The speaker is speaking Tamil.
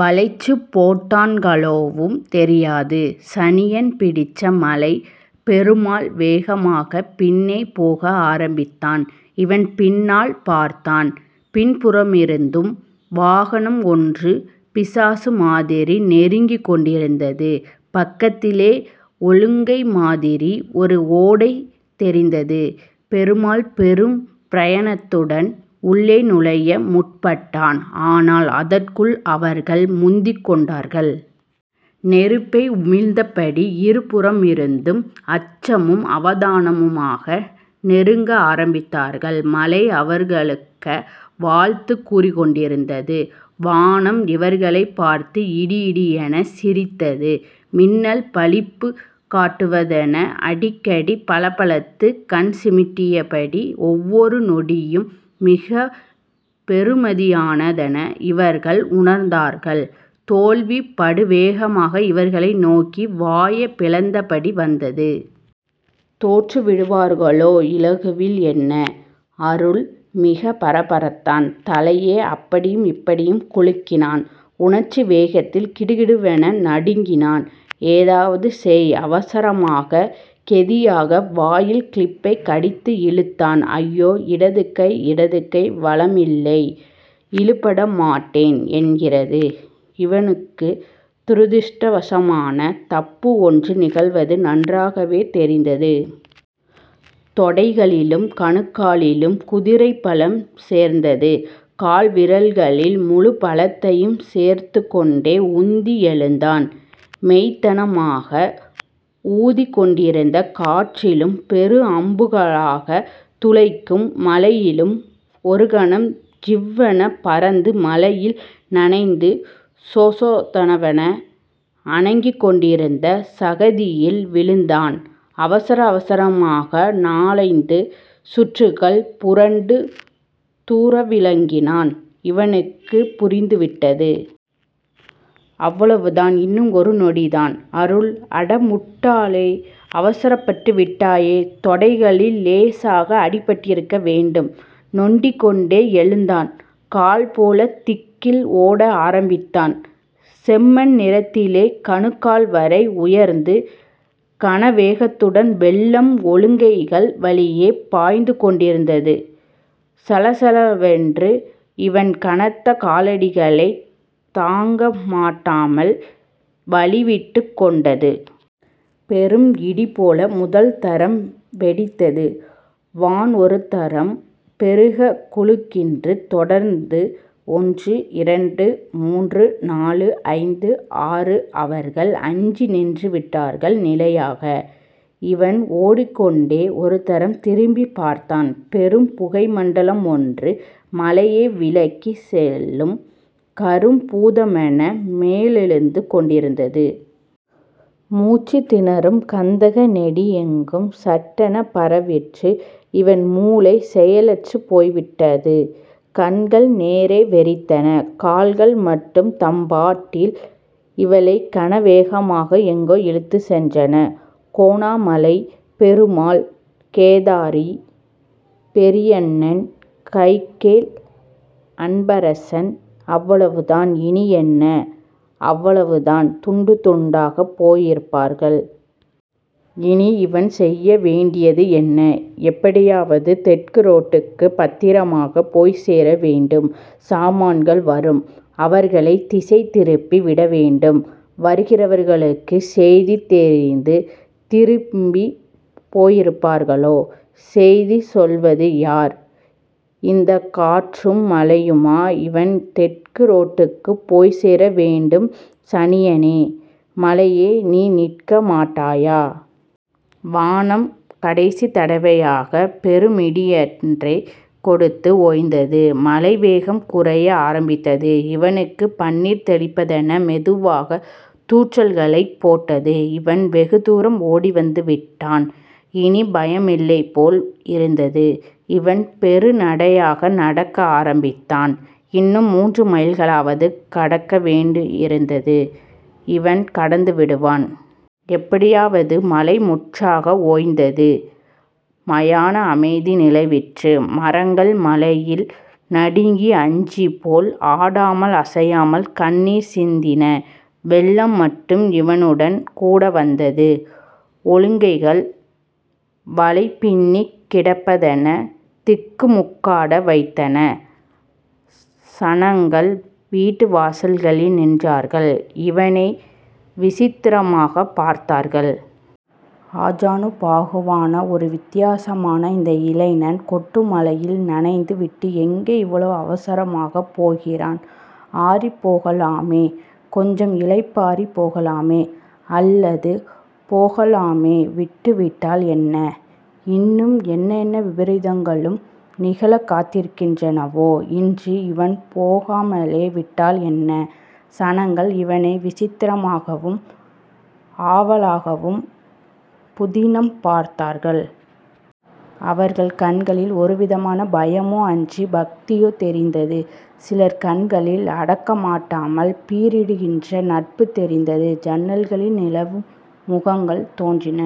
வளைச்சுப்போட்டான்களோவும் தெரியாது சனியன் பிடிச்ச மழை பெருமாள் வேகமாக பின்னே போக ஆரம்பித்தான். இவன் பின்னால் பார்த்தான். பின்புறமிருந்தும் வாகனம்ஒன்று பிசாசு மாதிரி நெருங்கிக்கொண்டிருந்தது பக்கத்திலே ஒழுங்கைமாதிரி ஒரு ஓடை தெரிந்தது. பெருமாள் பெரும் பிரயத்தனத்துடன் உள்ளே நுழைய முற்பட்டான். ஆனால் அதற்குள் அவர்கள் முந்திக்கொண்டார்கள். நெருப்பை உமிழ்ந்த படி இருபுறமிருந்தும் அச்சமும் அவதானமுமாக நெருங்க ஆரம்பித்தார்கள். மழை அவர்களுக்க வாழ்த்துச் கூறிக்கொண்டிருந்தது. வானம் இவர்களைப் பார்த்து இடிஇடியெனச் சிரித்தது. மின்னல் பழிப்புக் காட்டுவதென அடிக்கடி பளபளத்துக் கண்சிமிட்டியது. ஒவ்வொரு நொடியும் மிகப் பெறுமதியானதென இவர்கள் உணர்ந்தார்கள். தோல்வி படுவேகமாக இவர்களை நோக்கி வாயைப் பிளந்தபடி வந்தது. தோற்று விடுவார்களோ இலகுவில் என்ன?.... அருள் மிகப் பரபரத்தான்.... தலையை அப்படியும் இப்படியும் குலுக்கினான். உணர்ச்சி வேகத்தில் கிடுகிடுவென நடுங்கினான்.... ஏதாவது செய்... அவசரமாக... கெதியாக... வாயில் கிளிப்பைக் கடித்து இழுத்தான். ஐயோ! இடது கை... இடதுகை... வழமில்லை! இழுபட மாட்டேன் என்கிறது. இவனுக்கு துரதிர்ஷ்டவசமான தப்பு ஒன்று நிகழ்வது நன்றாகவே தெரிந்தது. தொடைகளிலும் கணுக்காலிலும் குதிரைபலம் சேர்ந்தது. கால்விரல்களில் முழுபலத்தையும் சேர்த்துக்கொண்டே உந்தி எழுந்தான். மெய்த்தனமாக ஊதிக்கொண்டிருந்த காற்றிலும் பெரு அம்புகளாகத் துளைக்கும் மழையிலும் ஒருகணம் ஜிவ்வெனப் பறந்து மழையில் நனைந்து சொசொதவென அனங்கிக்கொண்டிருந்த சகதியில் விழுந்தான். அவசர அவசரமாக நாலைந்து சுற்றுக்கள் புரண்டு தூரவிலங்கினான். இவனுக்கு புரிந்துவிட்டது.... அவ்வளவுதான்... இன்னும் ஒரு நொடிதான்... அருள் அடமுட்டாளே. அவசரப்பட்டுவிட்டாயே தொடைகளில் இலேசாக அடிபட்டிருக்க வேண்டும். நொண்டிக்கொண்டே எழுந்தான். கால்போல திக்கில் ஓட ஆரம்பித்தான். செம்மண் நிறத்திலே கணுக்கால்வரை உயர்ந்து கனவேகத்துடன் வெள்ளம் ஒழுங்கைகள் வழியே பாய்ந்துகொண்டிருந்தது. சளசள என்று இவன் கனத்த காலடிகளைத் தாங்கமாட்டாமல் வழிவிட்டுக் கொண்டது. பெரும் இடிபோல முதல் தரம் வெடித்தது. வான்ஒருதரம் பெருகக் குலுங்கின்று. தொடர்ந்து ஒன்று... இரண்டு... மூன்று... நாலு... ஐந்து... ஆறு... அவர்கள் அஞ்சி நின்று விட்டார்கள் நிலையாக! இவன் ஒடிக்கொண்டே ஒருதரம் திரும்பிப்பார்த்தான். பெரும் புகைமண்டலமொன்று மழையை விலக்கிச் செல்லும் கரும் பூதமென மேலெழுந்து கொண்டிருந்தது. மூச்சுத் திணறும் கந்தகநெடி எங்கும் சட்டெனப் பரவிற்று. இவன் மூளை செயலற்றுப் போய்விட்டது. கண்கள் நேரே வெறித்தன. கால்கள் மட்டும் தம்பாட்டில் இவளை கனவேகமாக எங்கோ இழுத்துச்சென்றன. கோணாமலை. பெருமாள். கேதாரி... பெரியண்ணன் கைக்கேல்... அன்பரசன்.... அவ்வளவுதான். இனியென்ன?... அவ்வளவுதான்... துண்டு துண்டாகப் போயிருப்பார்கள். இனி? இவன் செய்யவேண்டியது என்ன? எப்படியாவது தெற்கு ரோட்டுக்கு பத்திரமாகப் போய்ச்சேர வேண்டும். சாமான்கள் வரும். அவர்களைத் திசை திருப்பி விடவேண்டும். வருகிறவர்களுக்குச் செய்தி தெரிந்து திரும்பிப் போயிருப்பார்களோ?.... செய்தி சொல்வது யார்? இந்தக் காற்றும் மழையுமா? இவன் தெற்கு ரோட்டுக்குப் போய்ச்சேரவேண்டும் சனியனே மழையே நீ நிற்க மாட்டாயா.... வானம் கடைசித்தடவையாக பெருமிடியன்றைக் கொடுத்து ஓய்ந்தது. மழைவேகம் குறைய ஆரம்பித்தது இவனுக்கு பன்னீர் தெளிப்பதென மெதுவாக தூற்றல்களைப் போட்டது. இவன் வெகுதூரம் ஓடிவந்து விட்டான். இனிப் பயமில்லைப் போல் இருந்தது. இவன் பெருநடையாக நடக்க ஆரம்பித்தான். இன்னும் மூன்று மைல்களாவது கடக்க வேண்டியிருந்தது. இவன் கடந்துவிடுவான்... எப்படியாவது மழை முற்றாக ஓய்ந்தது. மயான அமைதி நிலவிற்று மரங்கள் மழையில் நடுங்கி அஞ்சிப்போய் ஆடாமல் அசையாமல் கண்ணீர் சிந்தின. வெள்ளம் மட்டும் இவனுடன் கூட வந்தது. ஒழுங்கைகள் வலை பின்னிக் கிடப்பதென திக்குமுக்காட வைத்தன. சனங்கள் வீட்டு வாசல்களில் நின்றார்கள். இவனை விசித்திரமாகப் பார்த்தார்கள். ஆஜானுபாகுவான ஒரு வித்தியாசமான இந்த இளைஞன் கொட்டும் மழையில் நனைந்து விட்டு எங்கே இவ்வளவு அவசரமாகப் போகிறான் ஆறிப்போகலாமே, கொஞ்சம் இளைப்பாறிப் போகலாமே... அல்லது போகலாமே விட்டுவிட்டால் என்ன.... இன்னும் என்ன என்ன விபரீதங்களும் நிகழக் காத்திருக்கின்றனவோ இன்று இவன் போகாமலே விட்டால் என்ன? சனங்கள் இவனை விசித்திரமாகவும், ஆவலாகவும் புதினம் பார்த்தார்கள். அவர்கள் கண்களில் ஒருவிதமான பயமோ.... அன்றிப் பக்தியோ.... தெரிந்தது. சிலர் கண்களில் அடக்கமாட்டாமல் பீரிடுகின்ற நட்பு தெரிந்தது. ஜன்னல்களில் நிலவு முகங்கள் தோன்றின.